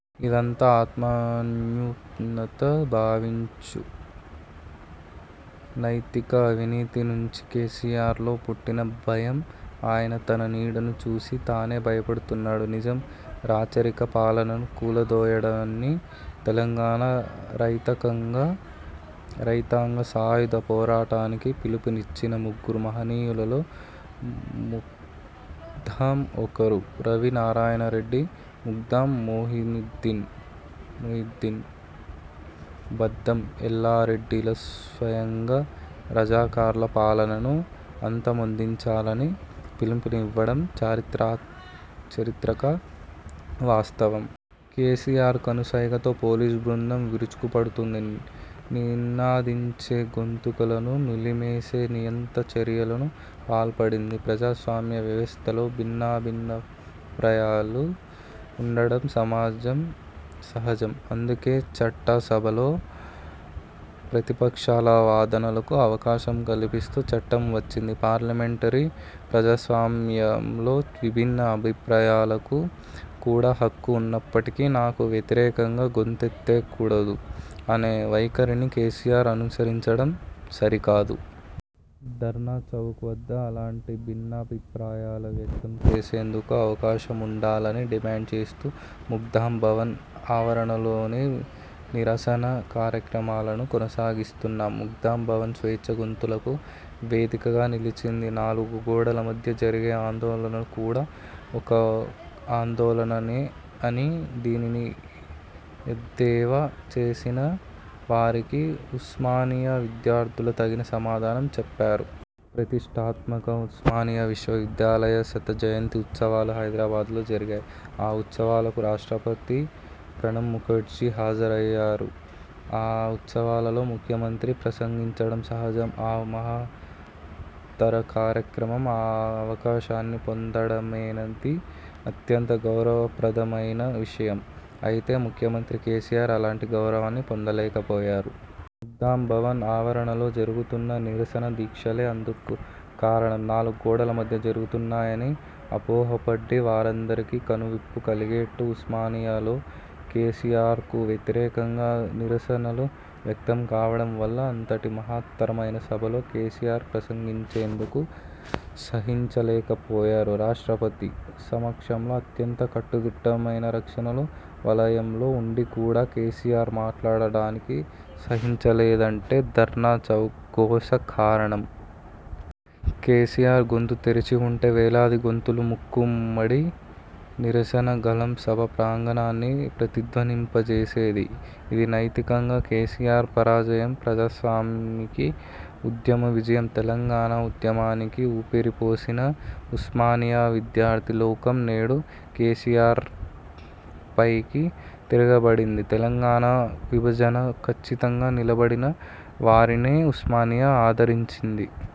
ఇదంతా ఆత్మన్యూనతా భావంనుంచి, నైతిక అవినీతి నుంచి కేసీఆర్లో పుట్టిన భయం. ఆయన తన నీడను చూసి తానే భయపడుతున్నారు. నిజాం రాచరిక పాలనను కూలదోయండని తెలంగాణ రైతాంగ సాయుధ పోరాటానికి పిలుపునిచ్చిన ముగ్గురు మహనీయులలో మఖ్దూం ఒకరు. రావి నారాయణరెడ్డి, మఖ్దూం మొహియుద్దీన్, బద్దం ఎల్లారెడ్డిలు స్వయంగా రజాకార్ల పాలనను అంతమొందించాలని పిలుపునివ్వడం చారిత్రక వాస్తవం. కేసీఆర్ కనుసైగతో పోలీస్ బృందం విరుచుకుపడుతోంది. నినదించే గొంతుకలను నులిమేసే నియంత చర్యలకు పాల్పడింది. ప్రజాస్వామ్య వ్యవస్థలో భిన్నాభిప్రాయాలు ఉండటం సహజం. అందుకే చట్ట సభలలో ప్రతిపక్షాల వాదనలకు అవకాశం కల్పిస్తూ చట్టం వచ్చింది. పార్లమెంటరీ ప్రజాస్వామ్యంలో విభిన్న అభిప్రాయాలకు కూడా హక్కు ఉన్నప్పటికీ 'నాకు వ్యతిరేకంగా గొంతెత్త కూడదు' అనే వైఖరిని కేసీఆర్ అనుసరించడం సరికాదు. ధర్నాచౌక్ వద్ద అలాంటి భిన్నాభిప్రాయాలను వ్యక్తం చేసేందుకు అవకాశముండాలని డిమాండ్ చేస్తూ మఖ్దూం భవన్ ఆవరణలోనే నిరసన కార్యక్రమాలను కొనసాగిస్తున్నాం. మఖ్దూం భవన్ స్వేచ్ఛా గొంతులకు వేదికగా నిలిచింది. నాలుగు గోడల మధ్య జరిగే ఆందోళన కూడా ఒక ఆందోళననేనా? అని దీనిని ఎద్దేవా చేసిన వారికి ఉస్మానియా విద్యార్థులు తగిన సమాధానం చెప్పారు. ప్రతిష్టాత్మక ఉస్మానియా విశ్వవిద్యాలయ శత జయంతి ఉత్సవాలు హైదరాబాద్లో జరిగాయి. ఆ ఉత్సవాలకు రాష్ట్రపతి ప్రణబ్ముఖర్జి హాజరయ్యారు. ఆ ఉత్సవాలలో ముఖ్యమంత్రి ప్రసంగించడం సహజంగా ఒక మహత్తర కార్యక్రమం. ఆ అవకాశాన్ని పొందడమనేది అత్యంత గౌరవప్రదమైన విషయం. అయితే ముఖ్యమంత్రి కేసీఆర్ అలాంటి గౌరవాన్ని పొందలేకపోయారు. మఖ్దూం భవన్ ఆవరణలో జరుగుతున్న నిరసన దీక్షలే అందుకు కారణం. నాలుగు గోడల మధ్య జరుగుతున్నాయని అపోహబడ్డ వారందరికి కనువిప్పు కలిగేట్టు ఉస్మానియాలో కేసీఆర్కు వ్యతిరేకంగా నిరస నలు వ్యక్తం కావడం వల్ల అంతటి మహత్తరమైన సభలో కేసీఆర్ ప్రసంగించేందుకు సాహసించలేకపోయారు. రాష్ట్రపతి సమక్షంలో, అత్యంత కట్టుదిట్టమైన రక్షణ వలయంలో ఉండి కూడా కేసీఆర్ మాట్లాడానికి సాహసించలేదంటే ధర్నా చౌక్ గోసే కారణం. కేసీఆర్ గొంతు తెరిచివుంటే, వేలాదిగొంతుల మూకు మ్మడి నిరసన గళం సభా ప్రాంగణాన్ని ప్రతిధ్వనింపజేసేది. ఇది నైతికంగా కేసీఆర్ పరాజయం. ప్రజాస్వామిక ఉద్యమ విజయం. తెలంగాణ ఉద్యమానికి ఊపిరిపోసిన ఉస్మానియా విద్యార్థి లోకం నేడు కేసీఆర్పైకి తిరగబడింది. తెలంగాణ విభజనకు ఖచ్చితంగా నిలబడిన వారినే ఉస్మానియా ఆదరించింది.